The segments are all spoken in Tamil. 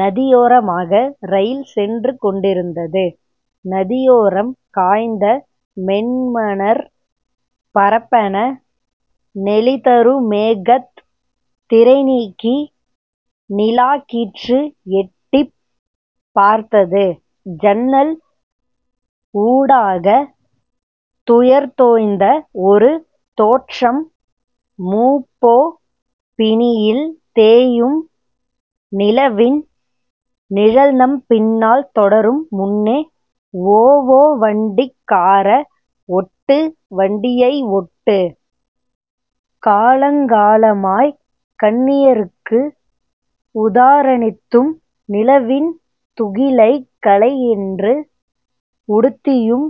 நதியோரமாக ரயில் சென்று கொண்டிருந்தது. நதியோரம் காய்ந்த மென்மணற் பரப்பென நெளிதரு மேகத் திரைநீக்கி நிலாக்கீற்று எட்டிப் பார்த்தது. ஜன்னல் ஊடாக துயர்தோய்ந்த ஒரு தோற்றம். மு. பொ. பிணியில் தேயும் நிலவின் நிழல்நம் பின்னால் தொடரும் முன்னே ஓஓ வண்டிக் காரா ஒட்டு வண்டியை ஒட்டு. காலங் காலமாய் கன்னியர்க்கு உதாரணித்தும் நிலவின் துகிலைக் கலை யென்று உடுத்தியும்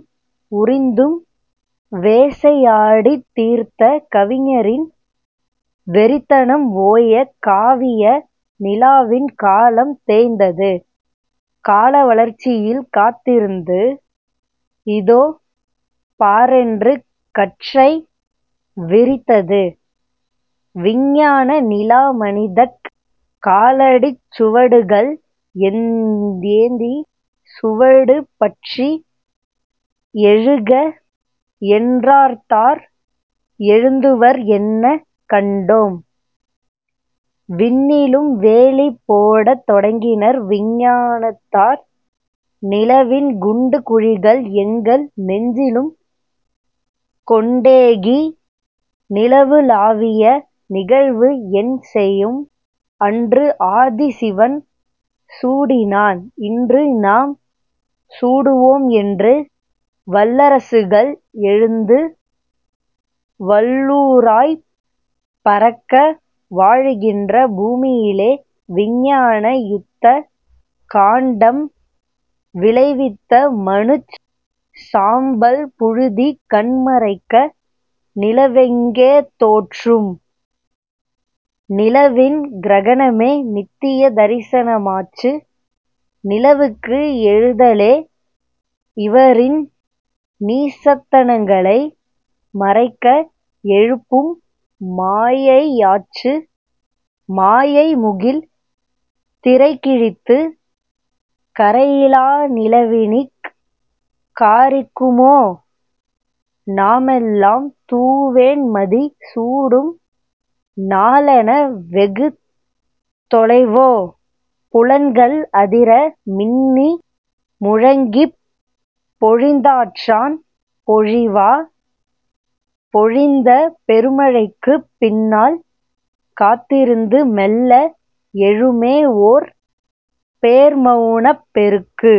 உரிந்தும் வேசையாடித் தீர்த்த கவிஞரின் வெறித்தனம் ஓய காவிய நிலாவின் காலம் தேய்ந்தது. கால வளர்ச்சியில் காத்திருந்து. இதோ பாரென்று கற்றை விரித்தது விஞ்ஞான நிலா மனிதக் காலடிச் சுவடுகள் ஏந்தி. சுவடு பற்றி எழுக என்றார்த்தார்; எழுந்தவர் என்ன கண்டோம்? விண்ணிலும் வேலி போடத் தொடங்கினர் விஞ்ஞானத்தார். நிலவின் குண்டு குழிகள் எங்கள் நெஞ்சிலும் கொண்டேகி நிலவுலாவிய நிகழ்வு என் செயும் அன்று ஆதி சிவன் சூடினான் இன்று நாம் சூடுவோம் என்று வல்லரசுகள் எழுந்து வல்லூறாய்ப் பறக்க வாழுகின்ற பூமியிலே விஞ்ஞான யுத்த காண்டம் விளைவித்த மனுச் சாம்பல் புழுதி கண் மறைக்க நிலவெங்கே தோற்றும்? நிலவின் கிரகணமே நித்திய தரிசனமாச்சு. நிலவுக்கு எழுதலே இவரின் நீசத்தனங்களை மறைக்க எழுப்பும் மாயையாச்சு. மாயை முகில் திரைகிழித்து கறையிலா நிலவினிக் காரிக்குமோ? நாமெல்லாம் தூவெண் மதி சூடும் நாளென்ன வெகு தொலைவோ? புலன்கள் அதிர மின்னி முழங்கிப் பொழிந்தாற்றான் பொழிவா? பொழிந்த பெருமழைக்குப் பின்னால் காத்திருந்து மெல்ல எழுமே ஒர் பேர் மௌனப் பெருக்கு.